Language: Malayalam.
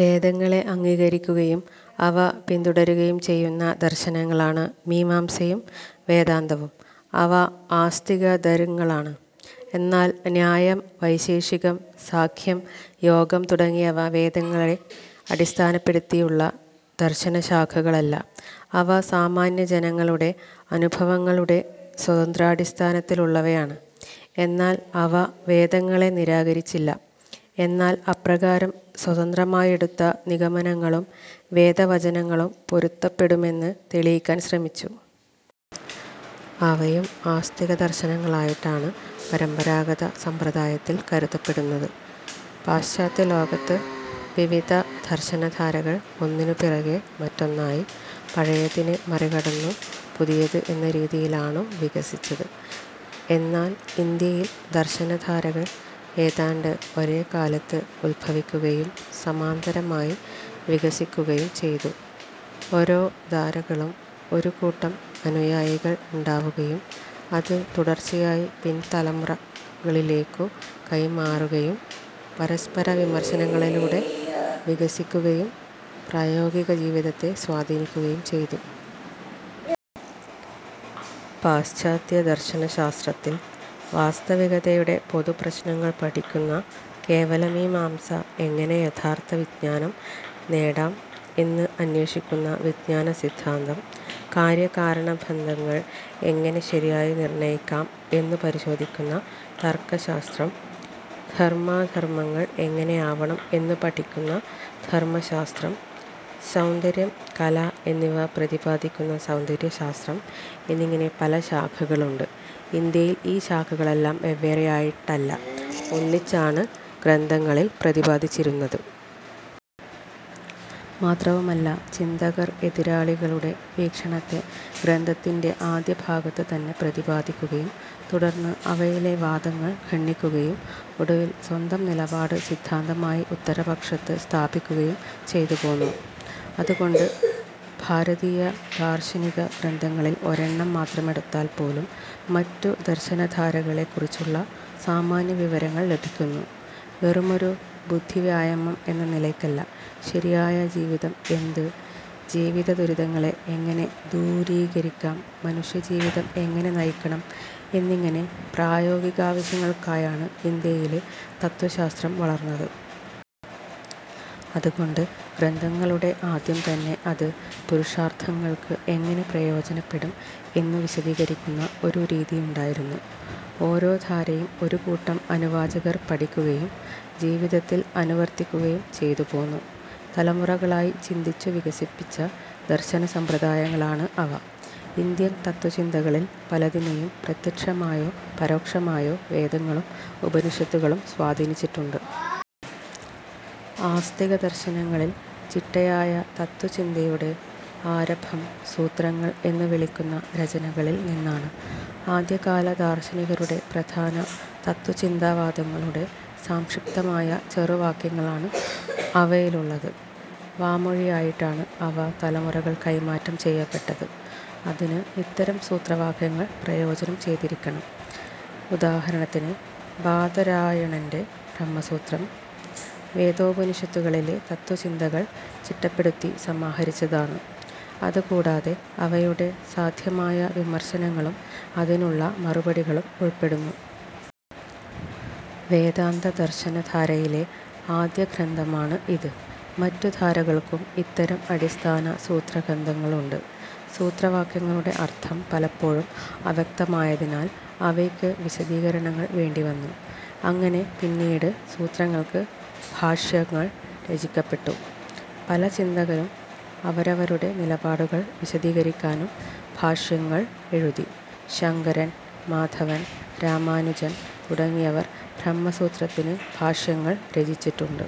വേദങ്ങളെ അംഗീകരിക്കുകയും അവ പിന്തുടരുകയും ചെയ്യുന്ന ദർശനങ്ങളാണ്, മീമാംസയും വേദാന്തവും. അവ ആസ്തികദര്ങ്ങളാണ്. എന്നാൽ ന്യായം, വൈശേഷികം, സാംഖ്യം, യോഗം തുടങ്ങിയവ വേദങ്ങളെ അടിസ്ഥാനപ്പെടുത്തിയുള്ള ദർശനശാഖകളല്ല. അവ സാമാന്യജനങ്ങളുടെ അനുഭവങ്ങളുടെ സ്വതന്ത്രാടിസ്ഥാനത്തിലുള്ളവയാണ്. എന്നാൽ അവ വേദങ്ങളെ നിരാകരിച്ചില്ല, എന്നാൽ അപ്രകാരം സ്വതന്ത്രമായെടുത്ത നിഗമനങ്ങളും, വേദവചനങ്ങളും പൊരുത്തപ്പെടുമെന്ന് തെളിയിക്കാൻ ശ്രമിച്ചു. അവയും ആസ്തികദർശനങ്ങളായിട്ടാണ് പരമ്പരാഗത സമ്പ്രദായത്തിൽ, കരുതപ്പെടുന്നത്. പാശ്ചാത്യലോകത്ത്, വിവിധ ദർശനധാരകൾ, ഒന്നിനു പിറകേ മറ്റോന്നായി, പഴയതിനെ മറികടന്നു പുതിയത് എന്ന രീതിയിലാണു വികസിച്ചത്. എന്നാൽ ഇന്ത്യയിൽ, ദർശനധാരകൾ ഏതാണ്ട് ഒരേ കാലത്ത് ഉത്ഭവിക്കുകയും സമാന്തരമായി വികസിക്കുകയും ചെയ്തു. ഒരോ ധാരകളും ഒരു കൂട്ടം അനുയായികൾ ഉണ്ടാവുകയും അത് തുടർച്ചയായി പിൻതലമുറകളിലേക്കു കൈമാറുകയും പരസ്പരവിമർശനങ്ങളിലൂടെ വികസിക്കുകയും പ്രായോഗികജീവിതത്തെ സ്വാധീനിക്കുകയും ചെയ്തു. പാശ്ചാത്യദർശനശാസ്ത്രത്തിൽ, വാസ്തവികതയുടെ പൊതുപ്രശ്നങ്ങൾ പഠിക്കുന്ന കേവലമീമാംസ, എങ്ങനെ യ്ഥർത്ഥവിജ്ഞാനം നേടാം എന്ന് അന്വേഷിക്കുന്ന വിഞ്ജാനസിദ്ധാന്തം, കാര്യകാരണബന്ധങ്ങൾ എങ്ങനെ ശരിയായി നിർണയിക്കാം എന്നു പരിശോധിക്കുന്ന തർക്കശാസ്ത്രം, ധർമ്മാധർമ്മങ്ങൾ എങ്ങനെയാവണം എന്നു പഠിക്കുന്ന ധർമ്മശാസ്ത്രം, സൌന്ദര്യം, കല എന്നിവ പ്രതിപാദിക്കുന്ന സൌന്ദര്യശാസ്ത്രം എന്നിങ്ങനെ പല ശാഖകളുണ്ട്. ഇന്ത്യയിൽ ഈ ശാഖകളെല്ലാം വെവ്വേറെയായിട്ടല്ല, ഒന്നിച്ചാണ് ഗ്രന്ഥങ്ങളിൽ പ്രതിപാദിച്ചിരുന്നത്. മാത്രവുമല്ല, ചിന്തകർ എതിരാളികളുടെ വീക്ഷണത്തെ ഗ്രന്ഥത്തിൻറെ ആദ്യഭാഗത്ത് തന്നെ പ്രതിപാദിക്കുകയും, തുടർന്ന് അവയിലെ വാദങ്ങൾ ഖണ്ഡിക്കുകയും ഒടുവിൽ സ്വന്തം നിലപാട് സിദ്ധാന്തമായി ഉത്തരപക്ഷത്ത് സ്ഥാപിക്കുകയും ചെയ്തു പോന്നു. അതുകൊണ്ട്, ഭാരതീയദാർശനികഗ്രന്ഥങ്ങളിൽ ഒരെണ്ണം മാത്രമെടുത്താൽ പോലും മറ്റു ദർശനധാരകളെക്കുറിച്ചുള്ള സാമാന്യവിവരങ്ങൾ ലഭിക്കുന്നു. വെറുമൊരു ബുദ്ധിവ്യായാമം എന്ന നിലയ്ക്കല്ല, ശരിയായ ജീവിതം എന്ത്, ജീവിതദുരിതങ്ങളെ എങ്ങനെ ദൂരീകരിക്കാം, മനുഷ്യജീവിതം എങ്ങനെ നയിക്കണം എന്നിങ്ങനെ, പ്രായോഗികാവശ്യങ്ങൾക്കായാണ് ഇന്ത്യയിലെ തത്ത്വശാസ്ത്രം വളർന്നത്. അതുകൊണ്ട്, ഗ്രന്ഥങ്ങളുടെ ആദ്യം തന്നെ അത് പുരുഷാർത്ഥങ്ങൾക്ക് എങ്ങനെ പ്രയോജനപെടും എന്നു വിശദീകരിക്കുന്ന ഒരു രീതിയുണ്ടായിരുന്നു. ഒരോ ധാരയും ഒരു കൂട്ടം അനുവാചകർ പഠിക്കുകയും ജീവിതത്തിൽ അനുവർത്തിക്കുകയും ചെയ്തു പോന്നു. തലമുറകളായി ചിന്തിച്ചു വികസിപ്പിച്ച ദർശനസമ്പ്രദായങ്ങളാണ് അവ. ഇന്ത്യൻ തത്ത്വചിന്തകളിൽ പലതിനെയും പ്രത്യക്ഷമായോ പരോക്ഷമായോ, വേദങ്ങളും ഉപനിഷത്തുകളും സ്വാധീനിച്ചിട്ടുണ്ട്. ആസ്തികദർശനങ്ങളിൽ, ചിട്ടയായ തത്ത്വചിന്തയുടെ ആരഭം, "സൂത്രങ്ങൾ" എന്നു വിളിക്കുന്ന രചനകളിൽ നിന്നാണ്. ആദ്യകാലദാർശനികരുടെ പ്രധാന തത്ത്വചിന്താവാദങ്ങളുടെ സാംക്ഷിപ്തമായ ചെറുവാക്യങ്ങളാണ് അവയിലുള്ളത്. വാമൊഴിയായിട്ടാണ് അവ തലമുറകൾ കൈമാറ്റം ചെയ്യപ്പെട്ടത്. അതിന് ഇത്തരം സൂത്രവാക്യങ്ങൾ പ്രയോജനം ചെയ്തിരിക്കണം. ഉദാഹരണത്തിന് ബാദരായണൻറെ ബ്രഹ്മസൂത്രം, വേദോപനിഷത്തുകളിലെ തത്ത്വചിന്തകൾ ചിട്ടപ്പെടുത്തി സമാഹരിച്ചതാണ്. അതുകൂടാതെ, അവയുടെ സാധ്യമായ വിമർശനങ്ങളും, അതിനുള്ള മറുപടികളും ഉൾപ്പെടുന്നു. വേദാന്തദർശനധാരയിലെ ആദ്യഗ്രന്ഥമാണ് ഇത്. മറ്റു ധാരകൾക്കും ഇത്തരം അടിസ്ഥാന സൂത്രഗ്രന്ഥങ്ങളുണ്ട്. സൂത്രവാക്യങ്ങളുടെ അർത്ഥം പലപ്പോഴും അവ്യക്തമായതിനാൽ, അവയ്ക്ക് വിശദീകരണങ്ങൾ വേണ്ടിവന്നു. അങ്ങനെ പിന്നീട്, സൂത്രങ്ങൾക്ക് ഭാഷ്യങ്ങൾ രചിക്കപ്പെട്ടു. പല ചിന്തകരും അവരവരുടെ നിലപാടുകൾ വിശദീകരിക്കാനും ഭാഷ്യങ്ങൾ എഴുതി. ശങ്കരൻ, മാധവൻ, രാമാനുജൻ തുടങ്ങിയവർ ബ്രഹ്മസൂത്രത്തിന് ഭാഷ്യങ്ങൾ രചിച്ചിട്ടുണ്ട്.